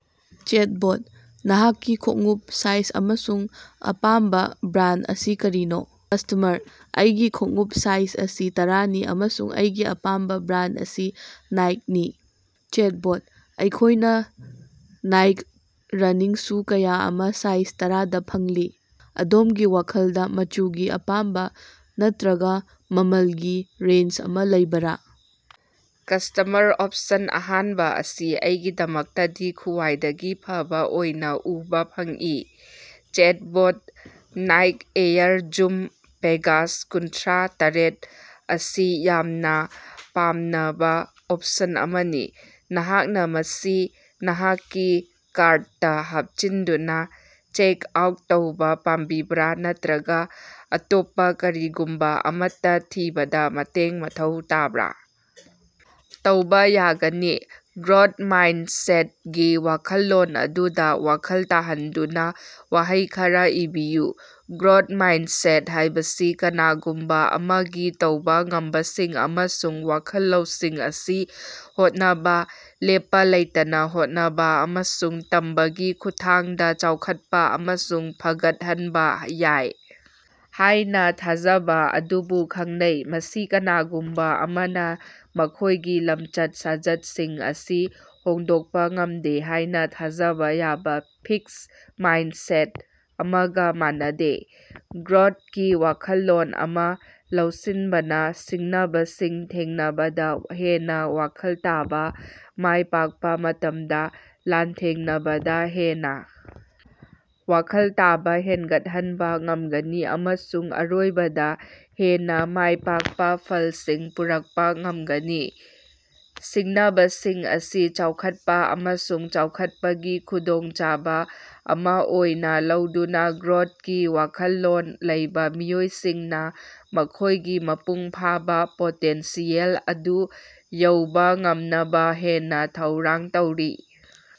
Chatbot: ꯅꯍꯥꯛꯀꯤ ꯈꯣꯡꯎꯞ size ꯑꯃꯁꯨꯡ ꯑꯄꯥꯝꯕꯥ ꯕ꯭ꯔꯥꯟꯗ ꯑꯁꯤ ꯀꯔꯤꯅꯣ? ꯀꯁ꯭ꯇꯃꯔ: ꯑꯩꯒꯤ ꯈꯣꯡꯎꯞ ꯁꯥꯏꯖ ꯑꯁꯤ ꯇꯔꯥꯅꯤ ꯑꯃꯁꯨꯡ ꯑꯩꯒꯤ ꯑꯄꯥꯝꯕꯥ ꯕ꯭ꯔꯥꯟꯗ ꯑꯁꯤ ꯅꯥꯏꯛꯅꯤ꯫ ꯆꯦꯠꯕꯣꯠ: ꯑꯩꯈꯣꯏꯅꯥ ꯅꯥꯏꯛ ꯔꯟꯅꯤꯡ ꯁꯨ ꯀꯌꯥ ꯑꯃꯥ ꯁꯥꯏꯖ ꯇꯔꯥꯗꯥ ꯐꯪꯂꯤ, ꯑꯗꯣꯝꯒꯤ ꯋꯥꯈꯜꯗꯥ ꯃꯆꯨꯒꯤ ꯑꯄꯥꯝꯕꯥ ꯅꯠꯇ꯭ꯔꯒꯥ ꯃꯃꯜꯒꯤ ꯔꯦꯟꯖ ꯑꯃꯥ ꯂꯩꯕꯔꯥ? ꯀꯁ꯭ꯇꯃꯔ: ꯑꯣꯞꯁꯟ ꯑꯍꯥꯟꯕ ꯑꯁꯤ ꯑꯩꯒꯤꯗꯃꯛꯇꯗꯤ ꯈ꯭ꯋꯥꯏꯗꯒꯤ ꯐꯕꯥ ꯑꯣꯏꯅꯥ ꯎꯕꯥ ꯐꯪꯏ꯫ Chatbot: Nike Air Zoom Pegasus ꯀꯨꯟꯊ꯭ꯔꯥ ꯇꯔꯦꯠ ꯑꯁꯤ ꯌꯥꯝꯅꯥ ꯄꯥꯝꯅꯕꯥ ꯑꯣꯞꯁꯟ ꯑꯃꯅꯤ꯫ ꯅꯍꯥꯛꯅꯥ ꯃꯁꯤ ꯅꯍꯥꯛꯀꯤ ꯀꯥꯔꯗꯇꯥ ꯍꯥꯞꯆꯤꯟꯗꯨꯅꯥ ꯆꯦꯛꯑꯥꯎꯠ ꯇꯧꯕꯥ ꯄꯥꯝꯕꯤꯕ꯭ꯔꯥ ꯅꯠꯇ꯭ꯔꯒꯥ ꯑꯇꯣꯞꯄꯥ ꯀꯔꯤꯒꯨꯝꯕꯥ ꯑꯃꯠꯇꯥ ꯊꯤꯕꯗꯥ ꯃꯇꯦꯡ ꯃꯊꯧ ꯇꯥꯕ꯭ꯔꯥ? ꯇꯧꯕꯥ ꯌꯥꯒꯅꯤ꯫ ꯒ꯭ꯔꯣꯠ ꯃꯥꯏꯟꯗꯁꯦꯠꯒꯤ ꯋꯥꯈꯜꯂꯣꯟ ꯑꯗꯨꯗꯥ ꯋꯥꯈꯜ ꯇꯥꯍꯟꯗꯨꯅꯥ ꯋꯥꯍꯩ ꯈꯔꯥ ꯏꯕꯤꯌꯨ꯫ ꯒ꯭ꯔꯣꯠ ꯃꯥꯏꯟꯗꯁꯦꯠ ꯍꯥꯏꯕꯁꯤ ꯀꯅꯥꯒꯨꯝꯕꯥ ꯑꯃꯒꯤ ꯇꯧꯕꯥ ꯉꯝꯕꯁꯤꯡ ꯑꯃꯁꯨꯡ ꯋꯥꯈꯜ ꯂꯧꯁꯤꯡ ꯑꯁꯤ ꯍꯣꯠꯅꯕꯥ, ꯂꯦꯞꯄꯥ ꯂꯩꯇꯅꯥ ꯍꯣꯠꯅꯕꯥ ꯑꯃꯁꯨꯡ ꯇꯝꯕꯒꯤ ꯈꯨꯠꯊꯥꯡꯗꯥ ꯆꯥꯎꯈꯠꯄꯥ ꯑꯃꯁꯨꯡ ꯐꯒꯠꯍꯟꯕꯥ ꯌꯥꯏ ꯍꯥꯏꯅꯥ ꯊꯥꯖꯕꯥ ꯑꯗꯨꯕꯨ ꯈꯪꯅꯩ꯫ ꯃꯁꯤ ꯀꯅꯥꯒꯨꯝꯕꯥ ꯑꯃꯅꯥ ꯃꯈꯣꯏꯒꯤ ꯂꯝꯆꯠ-ꯁꯥꯖꯠꯁꯤꯡ ꯑꯁꯤ ꯍꯣꯡꯗꯣꯛꯄꯥ ꯉꯝꯗꯦ ꯍꯥꯏꯅꯥ ꯊꯥꯖꯕꯥ ꯌꯥꯕꯥ ꯐꯤꯛꯁ ꯃꯥꯏꯟꯗꯁꯦꯠ ꯑꯃꯒꯥ ꯃꯥꯟꯅꯗꯦ꯫ ꯒ꯭ꯔꯣꯠꯀꯤ ꯋꯥꯈꯜꯂꯣꯟ ꯑꯃꯥ ꯂꯧꯁꯤꯟꯕꯅꯥ ꯁꯤꯡꯅꯕꯁꯤꯡ ꯊꯦꯡꯅꯕꯗꯥ ꯍꯦꯟꯅꯥ ꯋꯥꯈꯜ ꯇꯥꯕꯥ, ꯃꯥꯏ ꯄꯥꯛꯄꯥ ꯃꯇꯝꯗꯥ ꯂꯥꯟꯊꯦꯡꯅꯕꯗꯥ ꯍꯦꯟꯅꯥ ꯋꯥꯈꯜ ꯇꯥꯕꯥ ꯍꯦꯟꯒꯠꯍꯟꯕꯥ ꯉꯝꯒꯅꯤ ꯑꯃꯁꯨꯡ ꯑꯔꯣꯏꯕꯗꯥ, ꯍꯦꯟꯅꯥ ꯃꯥꯏ ꯄꯥꯛꯄꯥ ꯐꯜꯁꯤꯡ ꯄꯨꯔꯛꯄꯥ ꯉꯃꯒꯅꯤ꯫ ꯁꯤꯡꯅꯕꯁꯤꯡ ꯑꯁꯤ ꯆꯥꯎꯈꯠꯄꯥ ꯑꯃꯁꯨꯡ ꯆꯥꯎꯈꯠꯄꯒꯤ ꯈꯨꯗꯣꯡꯆꯥꯕꯥ ꯑꯃꯥ ꯑꯣꯏꯅꯥ ꯂꯧꯗꯨꯅꯥ ꯒ꯭ꯔꯣꯠꯀꯤ ꯋꯥꯈꯜꯂꯣꯟ ꯂꯩꯕꯥ ꯃꯤꯑꯣꯏꯁꯤꯡꯅꯥ ꯃꯈꯣꯏꯒꯤ ꯃꯄꯨꯡ ꯐꯥꯕꯥ ꯄꯣꯇꯦꯟꯁꯤꯌꯦꯜ ꯑꯗꯨ ꯌꯧꯕꯥ ꯉꯝꯅꯕꯥ ꯍꯦꯟꯅꯥ ꯊꯧꯔꯥꯡ ꯇꯧꯔꯤ꯫